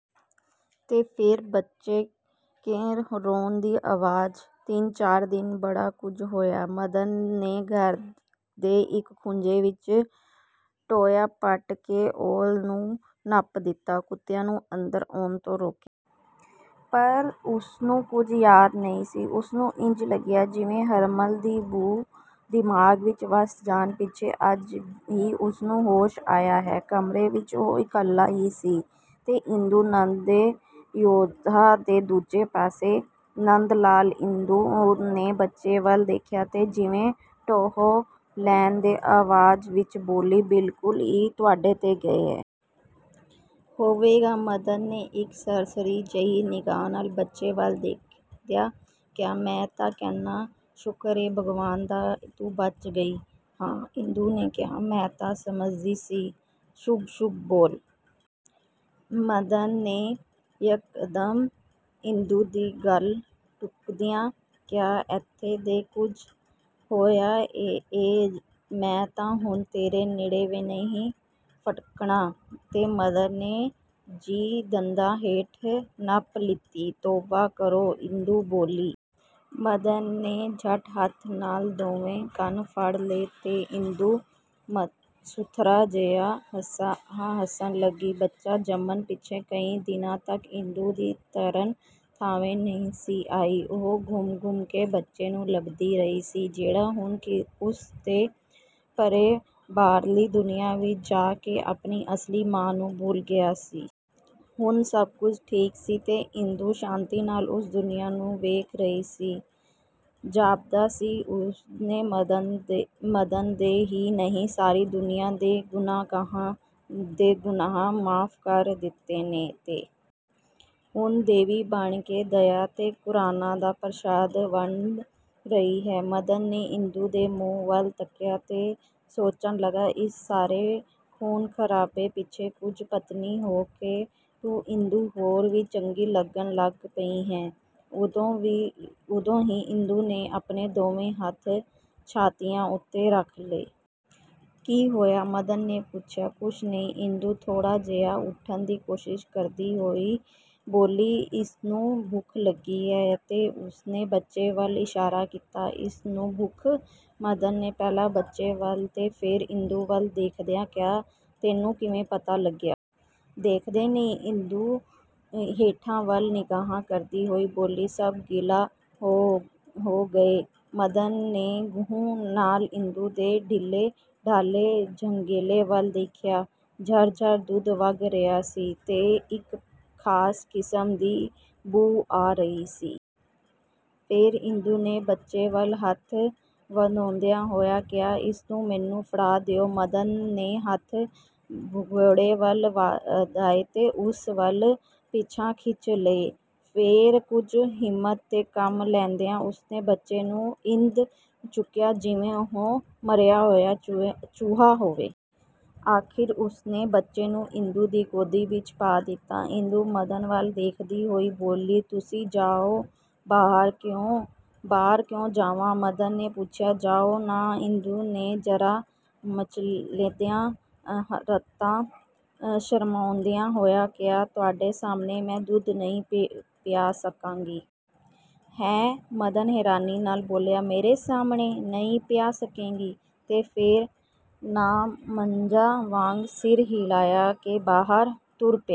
" ਤੇ ਫੇਰ ਬੱਚੇ ਕੇ ਰੋਣ ਦੀ ਆਵਾਜ਼… ਤਿੰਨ ਚਾਰ ਦਿਨ ਬੜਾ ਕੁਝ ਹੋਇਆ। ਮਦਨ ਨੇ ਘਰ ਦੇ ਇਕ ਖੂੰਜੇ ਵਿਚ ਟੋਇਆ ਪੱਟ ਕੇ ਔਲ ਨੂੰ ਨੱਪ ਦਿਤਾ। ਕੁੱਤਿਆਂ ਨੂੰ ਅੰਦਰ ਆਉਣ ਤੋਂ ਰੋਕਿਆ। ਪਰ ਉਸਨੂੰ ਕੁਝ ਯਾਦ ਨਹੀਂ ਸੀ। ਉਸਨੂੰ ਇੰਜ ਲੱਗਿਆ ਜਿਵੇਂ ਹਰਮਲ ਦੀ ਬੂ ਦਿਮਾਗ ਵਿਚ ਵੱਸ ਜਾਣ ਪਿੱਛੇਅੱਜ ਹੀ ਉਸਨੂੰ ਹੋਸ਼ ਆਇਆ ਹੈ। ਕਮਰੇ ਵਿਚ ਉਹ ਇਕੱਲਾ ਹੀ ਸੀ ਤੇ ਇੰਦੂ-ਨੰਦ ਤੇ ਯਸ਼ੋਧਾ-ਤੇ ਦੂਜੇ ਪਾਸੇ ਨੰਦਲਾਲ-ਇੰਦੂ ਨੇ ਬੱਚੇ ਵੱਲ ਦੇਖਿਆ ਤੇ ਜਿਵੇਂ ਟੋਹ ਲੈਣ ਦੇ ਅੰਦਾਜ਼ ਵਿਚ ਬੋਲੀ-"ਬਿਲਕੁਲ ਈ ਤੁਹਾਡੇ 'ਤੇ ਗਿਐ! " "ਹੋਵੇਗਾ," ਮਦਨ ਨੇ ਇਕ ਸਰਸਰੀ ਜਿਹੀ ਨਿਗਾਹ ਨਾਲ ਬੱਚੇ ਵੱਲ ਦੇਖਦਿਆਂ ਕਿਹਾ-"ਮੈਂ ਤਾਂ ਕਹਿਣਾ ਸ਼ੁਕਰ ਏ ਭਗਵਾਨ ਦਾ ਤੂੰ ਬਚ ਗਈ। " "ਹਾਂ! " ਇੰਦੂ ਨੇ ਕਿਹਾ-"ਮੈਂ ਤਾਂ ਸਮਝਦੀ ਸੀ… " "ਸ਼ੁਭ–ਸ਼ੁਭ ਬੋਲ। " ਮਦਨ ਨੇ ਯਕਦਮ ਇੰਦੂ ਦੀ ਗੱਲ ਟੁੱਕਦਿਆਂ ਕਿਹਾ-"ਏਥੇ ਜੋ ਕੁਝ ਹੋਇਆ ਏ-ਮੈਂ ਤਾਂ ਹੁਣ ਤੇਰੇ ਨੇੜੇ ਵੀ ਨਹੀ ਫਟਕਣਾ। " ਤੇ ਮਦਨ ਨੇ ਜੀਭ ਦੰਦਾਂ ਹੇਠ ਨੱਪ ਲਿਤੀ। "ਤੌਬਾ ਕਰੋ। " ਇੰਦੂ ਬੋਲੀ। ਮਦਨ ਨੇ ਝੱਟ ਹੱਥ ਨਾਲ ਦੋਵੇਂ ਕੰਨ ਫੜ੍ਹ ਲਏ ਤੇ ਇੰਦੂ ਸੁਥਰਾ ਜਿਹਾ ਹਾਸਾ ਹੱਸਣ ਲੱਗੀ। ਬੱਚਾ ਜੰਮਣ ਪਿੱਛੋਂ ਕਈ ਦਿਨਾਂ ਤਕ ਇੰਦੂ ਦੀ ਧਰਨ ਥਾਵੇਂ ਨਹੀਂ ਸੀ ਆਈ। ਉਹ ਘੁੰਮ ਘੁੰਮ ਕੇ ਬੱਚੇ ਨੂੰ ਲੱਭਦੀ ਰਹੀ ਸੀ, ਜਿਹੜਾ ਹੁਣ ਉਸ ਤੇ ਪਰ੍ਹੇ ਬਾਹਰਲੀ ਦੁਨੀਆਂ ਵਿਚ ਜਾ ਕੇ ਆਪਣੀ ਅਸਲੀ ਮਾਂ ਨੂੰ ਭੁੱਲ ਗਿਆ ਸੀ। ਹੁਣ ਸਭ ਕੁਝ ਠੀਕ ਸੀ ਤੇ ਇੰਦੂ ਸ਼ਾਂਤੀ ਨਾਲ ਉਸ ਦੁਨੀਆਂ ਨੂੰ ਵੇਖ ਰਹੀ ਸੀ। ਜਾਪਦਾ ਸੀ ਉਸਨੇ ਮਦਨ ਦੇ ਹੀ ਨਹੀਂ ਸਾਰੀ ਦੁਨੀਆਂ ਦੇ ਗੁਨਾਹਗਾਰਾਂ ਦੇ ਗੁਨਾਹ ਮੁਆਫ਼ ਕਰ ਦਿਤੇ ਨੇ ਤੇ ਹੁਣ ਦੇਵੀ ਬਣ ਕੇ ਦਯਾ ਤੇ ਕਰੂਣਾ ਦਾ ਪ੍ਰਸ਼ਾਦ ਵੰਡ ਰਹੀ ਹੈ… ਮਦਨ ਨੇ ਇੰਦੂ ਦੇ ਮੂੰਹ ਵੱਲ ਤੱਕਿਆ ਤੇ ਸੋਚਣ ਲੱਗਾ-ਇਸ ਸਾਰੇ ਖ਼ੂਨ ਖ਼ਰਾਬੇ ਪਿੱਛੇ ਕੁਝ ਪਤਲੀ ਹੋ ਕੇ ਇੰਦੂ ਹੋਰ ਵੀ ਚੰਗੀ ਲੱਗਣ ਲੱਗ ਪਈ ਹੈ… ਉਦੋਂ ਹੀ ਇੰਦੂ ਨੇ ਆਪਣੇ ਦੋਵੇਂ ਹੱਥ ਛਾਤੀਆਂ ਉੱਤੇ ਰੱਖ ਲਏ। "ਕੀ ਹੋਇਆ? " ਮਦਨ ਨੇ ਪੁੱਛਿਆ। "ਕੁਸ਼ ਨੀਂ," ਇੰਦੂ ਥੋੜ੍ਹਾ ਜਿਹਾ ਉਠਣ ਦੀ ਕੋਸ਼ਿਸ਼ ਕਰਦੀ ਹੋਈ ਬੋਲੀ-"ਇਸਨੂੰ ਭੁੱਖ ਲੱਗੀ ਐ। " ਤੇ ਉਸਨੇ ਬੱਚੇ ਵੱਲ ਇਸ਼ਾਰਾ ਕੀਤਾ। "ਇਸ ਨੂੰ?… ਭੁੱਖ?… " ਮਦਨ ਨੇ ਪਹਿਲਾਂ ਬੱਚੇ ਵੱਲ ਤੇ ਫੇਰ ਇੰਦੂ ਵੱਲ ਦੇਖਦਿਆਂ ਕਿਹਾ-"ਤੈਨੂੰ ਕਿਵੇਂ ਪਤਾ ਲੱਗਿਆ? " "ਦੇਖਦੇ ਨੀਂ…! " ਇੰਦੂ ਹੇਠਾਂ ਵੱਲ ਨਿਗਾਹਾਂ ਕਰਦੀ ਹੋਈ ਬੋਲੀ-"ਸਭ ਗਿੱਲਾ ਹੋ ਗਿਐ! " ਮਦਨ ਨੇ ਗਹੂ ਨਾਲ ਇੰਦੂ ਦੇ ਢਿੱਲੇ ਢਾਲੇ ਝਗਲੇ ਵੱਲ ਦੇਖਿਆ। ਝਰ–ਝਰ ਦੁੱਧ ਵਗ ਰਿਹਾ ਸੀ ਤੇ ਇਕ ਖਾਸ ਕਿਸਮ ਦੀ ਬੂ ਆ ਰਹੀ ਸੀ। ਫੇਰ ਇੰਦੂ ਨੇ ਬੱਚੇ ਵੱਲ ਹੱਥ ਵਧਾਉਂਦਿਆਂ ਹੋਇਆਂ ਕਿਹਾ-"ਇਸਨੂੰ ਮੈਨੂੰ ਫੜਾ ਦਿਓ। " ਮਦਨ ਨੇ ਹੱਥ ਭੰਗੂੜੇ ਵੱਲ ਵਧਾਏ ਤੇ ਉਸ ਵਲ ਪਿਛਾਂਹ ਖਿੱਚ ਲਏ। ਫੇਰ ਕੁਝ ਹਿੰਮਤ ਤੋਂ ਕੰਮ ਲੈਂਦਿਆਂ ਉਸਨੇ ਬੱਚੇ ਨੂੰ ਇੰਜ ਚੁੱਕਿਆ, ਜਿਵੇਂ ਉਹ ਮਰਿਆ ਹੋਇਆ ਚੂਹਾ ਹੋਵੇ। ਅਖ਼ੀਰ ਉਸਨੇ ਬੱਚੇ ਨੂੰ ਇੰਦੂ ਦੀ ਗੋਦੀ ਵਿਚ ਪਾ ਦਿਤਾ। ਇੰਦੂ ਮਦਨ ਵੱਲ ਵੇਖਦੀ ਹੋਈ ਬੋਲੀ-"ਤੁਸੀਂ ਜਾਓ ਬਾਹਰ… " "ਕਿਉਂ?… ਬਾਹਰ ਕਿਉਂ ਜਾਵਾਂ? " ਮਦਨ ਨੇ ਪੁੱਛਿਆ। "ਜਾਓ ਨਾ… " ਇੰਦੂ ਨੇ ਜ਼ਰਾ ਮਚਲਦਿਆਂ ਰਤਾ ਸ਼ਰਮਾਉਂਦਿਆਂ ਹੋਇਆਂ ਕਿਹਾ-"ਤੁਹਾਡੇ ਸਾਹਮਣੇ ਮੈਂ ਦੁੱਧ ਨਈਂ ਪਿਆ ਸਕਾਂਗੀ। " "ਹੈਂ! " ਮਦਨ ਹੈਰਾਨੀ ਨਾਲ ਬੋਲਿਆ-"ਮੇਰੇ ਸਾਹਮਣੇ… ਨਹੀਂ ਪਿਆ ਸਕੇਂਗੀ! " ਤੇ ਫੇਰ ਨਾਮਝਾਂ ਵਾਗ ਸਿਰ ਹਿਲਾਅ ਕੇ ਬਾਹਰ ਵੱਲ ਤੁਰ ਪਿਆ।